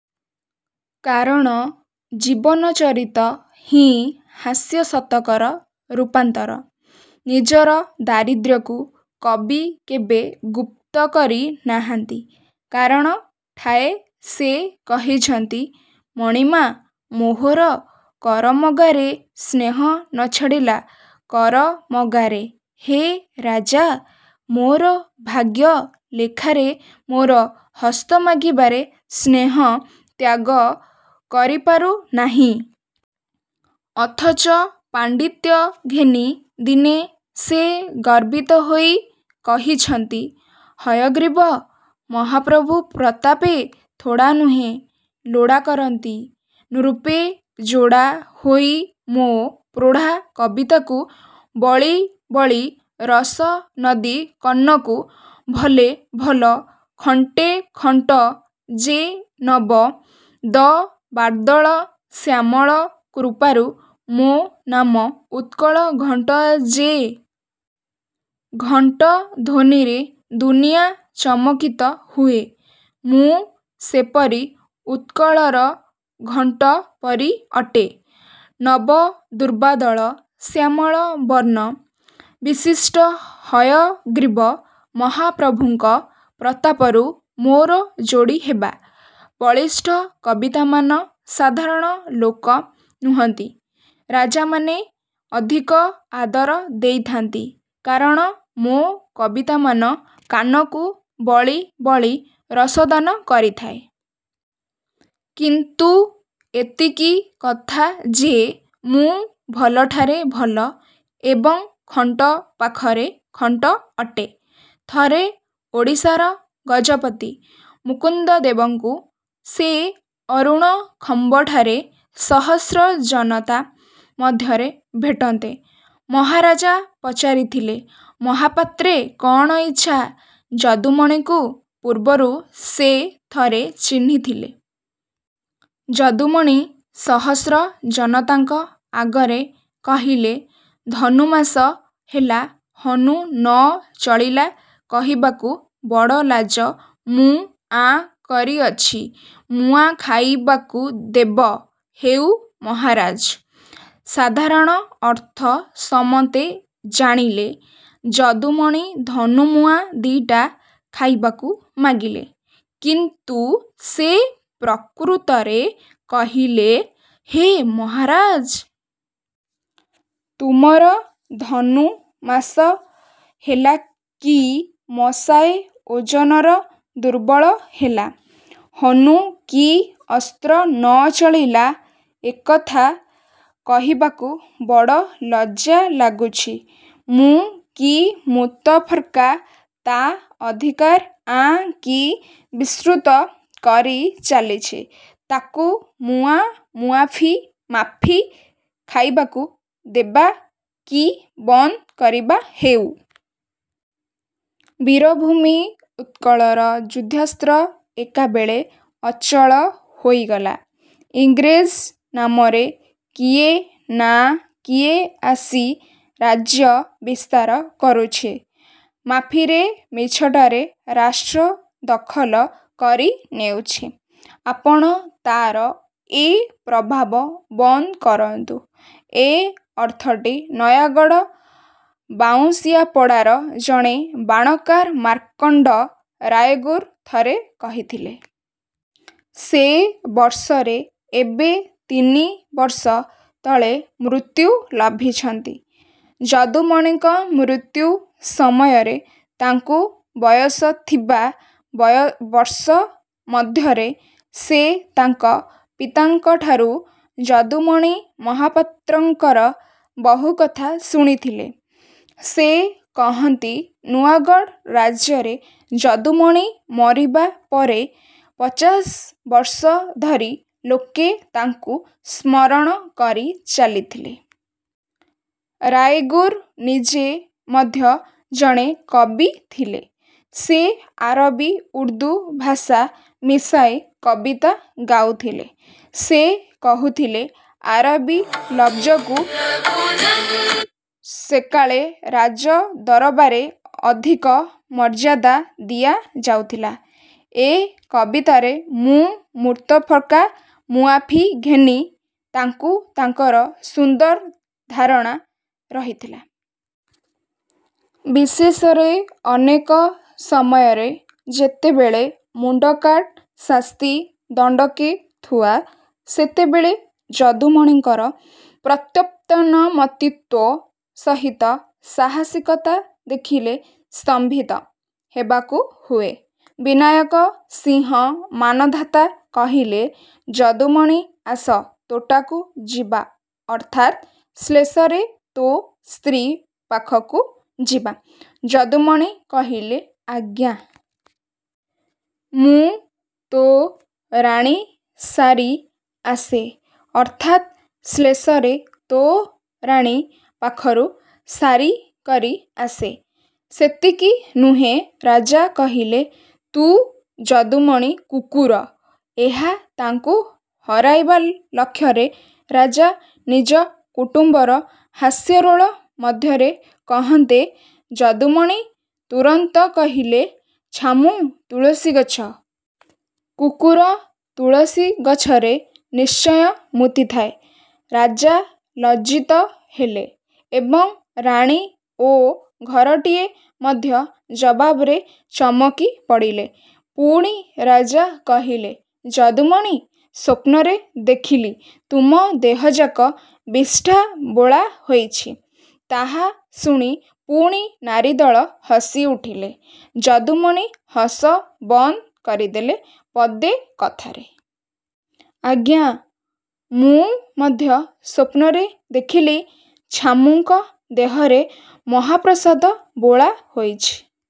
କାରଣ ଜୀବନଚରିତ ହିଁ ହାସ୍ୟଶତକର ରୂପାନ୍ତର। ନିଜର ଦାରିଦ୍ର୍ୟକୁ କବି କେବେ ଗୁପ୍ତକରି ନାହାନ୍ତି। କାରଣ ଠାଏ ସେ କହିଛନ୍ତି- ମଣିମା ମୋହର କରମଗାରେ ସ୍ନେହ ନଛାଡ଼ିଲା କର ମଗାରେ। ହେ ରାଜା! ମୋର ଭାଗ୍ୟ ଲେଖାରେ ମୋର ହସ୍ତ ମାଗିବାରେ ସ୍ନେହ ତ୍ୟାଗ କରିପାରୁ ନାହିଁ। ଅଥଚ ପାଣ୍ଡିତ୍ୟ ଘେନି ଦିନେ ସେ ଗର୍ବିତ ହୋଇ କହିଛନ୍ତି- ହୟଗ୍ରୀବ ମହାପ୍ରଭୁ ପ୍ରତାପେ ଥୋଡ଼ା ନୁହେଁ ଲୋଡ଼ା କରନ୍ତି ନୃପେ ଯୋଡ଼ା ହୋଇ ମୋ ପ୍ରୋଢ଼ା କବିତାକୁ ବଳି ବଳି ରସ ନଦୀ କର୍ଣ୍ଣକୁ ଭଲେ ଭଲ ଖଣ୍ଟେ ଖଣ୍ଟ ଯେ ନବ ଦ ର୍ବାଦଳ ଶ୍ୟାମଳ କୃପାରୁ ମୋ ନାମ ଉତ୍କଳ ଘଣ୍ଟ ଯେ। ଘଣ୍ଟ ଧ୍ୱନିରେ ଦୁନିଆ ଚମକିତ ହୁଏ। ମୁଁ ସେପରି ଉତ୍କଳର ଘଣ୍ଟ ପରି ଅଟେ। ନବଦୂର୍ବାଦଳ ଶ୍ୟାମଳ ବର୍ଣ୍ଣ ବିଶିଷ୍ଟ ହୟଗ୍ରୀବ ମହାପ୍ରଭୁଙ୍କ ପ୍ରତାପରୁ ମୋର ଯୋଡ଼ିହେବା। ବଳିଷ୍ଠ କବିତାମାନ ସାଧାରଣ ଲୋକ ନୁହନ୍ତି ରାଜାମାନେ ଅଧିକ ଆଦର ଦେଇଥାନ୍ତି। କାରଣ ମୋ କବିତାମାନ କାନକୁ ବଳି ବଳି ରସଦାନ କରିଥାଏ। କିନ୍ତୁ ଏତିକି କଥା ଯେ ମୁଁ ଭଲଠାରେ ଭଲ ଏବଂ ଖଣ୍ଟ ପାଖରେ ଖଣ୍ଟ ଅଟେ। ଥରେ ଓଡ଼ିଶାର ଗଜପତି ମୁକୁନ୍ଦଦେବଙ୍କୁ ସେ ଅରୁଣ ଖମ୍ବଠାରେ ସହସ୍ର ଜନତା ମଧ୍ୟରେ ଭେଟନ୍ତେ ମହାରାଜା ପଚାରିଥିଲେ ''ମହାପାତ୍ରେ କ'ଣ ଇଚ୍ଛା? " ଯଦୁମଣିଙ୍କୁ ପୂର୍ବରୁ ସେ ଥରେ ଚିହ୍ନିଥିଲେ। ଯଦୁମଣି ସହସ୍ର ଜନତାଙ୍କ ଆଗରେ କହିଲେ- ଧନୁମାସ ହେଲା ହନୁ ନ ଚଳିଲା କହିବାକୁ ବଡ଼ଲାଜ ମୁଁ ଆଁ କରିଅଛି ମୁଆଁ ଖାଇବାକୁ ଦେବ ହେଉ ମହାରାଜ। ସାଧାରଣ ଅର୍ଥ ସମନ୍ତେ ଜାଣିଲେ ଯଦୁମଣି ଧନୁମୁଆଁ ଦିଟା ଖାଇବାକୁ ମାଗିଲେ। କିନ୍ତୁ ସେ ପ୍ରକୃତରେ କହିଲେ- ହେ ମହାରାଜ! ତୁମର ଧନୁ ମାଷ ହେଲା କି ମଷାଏ ଓଜନର ଦୁର୍ବଳ ହେଲା। ହନୁ କି ଅସ୍ତ୍ର ନ ଚଳିଲା। ଏ କଥା କହିବାକୁ ବଡ଼ ଲଜ୍ଜା ଲାଗୁଛି। ମୂଁ−କି ମୁତଫର୍କା ତା ଅଧିକାର ଆଁ−କି ବିସ୍ତୃତ କରି ଚାଲିଛି। ତାକୁ ମୁଆ−ମୁଆଫି-ମାଫି ଖାଇବାକୁ 'ଦେବା' କି ବନ୍ଦ କରିବା ହେଉ। ବୀରଭୂମି ଉତ୍କଳର ଯୁଦ୍ଧାସ୍ତ୍ର ଏକାବେଳେ ଅଚଳ ହୋଇଗଲା। ଇଂରେଜ ନାମରେ କିଏ ନାଁ କିଏ ଆସି ରାଜ୍ୟ ବିସ୍ତାର କରୁଛି। ମାଫିରେ ମିଛଟାରେ ରାଷ୍ଟ୍ର ଦଖଲ କରି ନେଉଛି। ଆପଣ ତାର ଏ ପ୍ରଭାବ ବନ୍ଦ କରନ୍ତୁ। ଏ ଅର୍ଥଟି ନୟାଗଡ଼ ବାଉଁଶିଆପଡ଼ାର ଜଣେ ବାଣକାର ମାର୍କଣ୍ଡ ରାୟଗୁରୁ ଥରେ କହିଥିଲେ। ସେ ବର୍ଷରେ ଏବେ ତିନି ବର୍ଷ ତଳେ ମୃତ୍ୟୁ ଲଭିଛନ୍ତି। ଯଦୁମଣିଙ୍କ ମୃତ୍ୟୁ ସମୟରେ ତାଙ୍କୁ ବୟସ ଥିବା। ବର୍ଷ ମଧ୍ୟରେ। ସେ ତାଙ୍କ ପିତାଙ୍କଠାରୁ ଯଦୁମଣି ମହାପାତ୍ରଙ୍କର ବହୁକଥା ଶୁଣିଥିଲେ। ସେ କହନ୍ତି ନୂଆଗଡ଼ ରାଜ୍ୟରେ ଯଦୁମଣି ମରିବା ପରେ ପଚାଶ ବର୍ଷ ଧରି ଲୋକେ ତାଙ୍କୁ ସ୍ମରଣ କରି ଚାଲିଥିଲେ। ରାୟଗୁରୁ ନିଜେ ମଧ୍ୟ ଜଣେ କବି ଥିଲେ। ସେ ଆରବି, ଉର୍ଦ୍ଦୁ ଭାଷା ମିଶାଇ କବିତା ଗାଉଥିଲେ। ସେ କହୁଥିଲେ ଆରବି ଲବ୍ଜକୁ ସେକାଳେ ରାଜଦରବାରେ ଅଧିକ ମର୍ଯ୍ୟାଦା ଦିଆଯାଉଥିଲା। ଏ କବିତାରେ ମୁଁ ମୁତଫର୍କା, ମୁଆଫି ଘେନି ତେଣୁ ତାଙ୍କର ସୁନ୍ଦର ଧାରଣା ରହିଥିଲା। ବିଶେଷରେ ଅନେକ ସମୟରେ ଯେତେବେଳେ ମୁଣ୍ଡକାଟ ଶାସ୍ତି ଦଣ୍ଡକେ ଥୁଆ, ସେତେବେଳେ ଯଦୁମଣିଙ୍କର ପ୍ରତ୍ୟୁତ୍ପନ୍ନମତିତ୍ୱ ସହିତ ସାହସିକତା ଦେଖିଲେ ସ୍ତମ୍ଭିତ ହେବାକୁ ହୁଏ। ବିନାୟକ ସିଂହ ମାନଧାତା କହିଲେ-ଯଦୁମଣି ଆସ ତୋଟାକୁ ଯିବା ଅର୍ଥାତ୍ ଶ୍ଳେଷରେ ତୋ ସ୍ତ୍ରୀ ପାଖକୁ ଯିବା। ଯଦୁମଣି କହିଲେ ଆଜ୍ଞା! ମୁଁ ତୋ ରାଣୀ ସାରି ଆସେ। ଅର୍ଥାତ୍ ଶ୍ଳେଷରେ ତୋ ରାଣୀ ପାଖରୁ ସାରି କରି ଆସେ। ସେତିକି ନୁହେଁ ରାଜା କହିଲେ-ତୁ ଯଦୁମଣି କୁକୁର। ଏହା ତାଙ୍କୁ ହରାଇବା ଲକ୍ଷରେ ରାଜା ନିଜ କୁଟୁମ୍ବର ହାସ୍ୟରୋଳ ମଧ୍ୟରେ କହନ୍ତେ, ଯଦୁମଣି ତୁରନ୍ତ କହିଲେ-ଛାମୁଁ ତୁଳସୀଗଛ। କୁକୁର ତୁଳସୀଗଛରେ ନିଶ୍ଚୟ ମୂତିଥାଏ। ରାଜା ଲଜ୍ଜିତ ହେଲେ ଏବଂ ରାଣୀ ଓ ଘରଟିଏ ମଧ୍ୟ ଜବାବରେ ଚମକି ପଡ଼ିଲେ। ପୁଣି ରାଜା କହିଲେ ''ଯଦୁମଣି, ସ୍ୱପ୍ନରେ ଦେଖିଲି ତୁମ ଦେହଯାକ ବିଷ୍ଠା ବୋଳା ହୋଇଛି। ତାହା ଶୁଣି ପୁଣି ନାରୀଦଳ ହସିଉଠିଲେ। ଯଦୁମଣି ହସ ବନ୍ଦ କରିଦେଲେ ପଦେ କଥାରେ। ''ଆଜ୍ଞା! ମୁଁ ମଧ୍ୟ ସ୍ୱପ୍ନରେ ଦେଖିଲି ଛାମୁଁଙ୍କ ଦେହରେ ମହାପ୍ରସାଦ ବୋଳା ହୋଇଛି।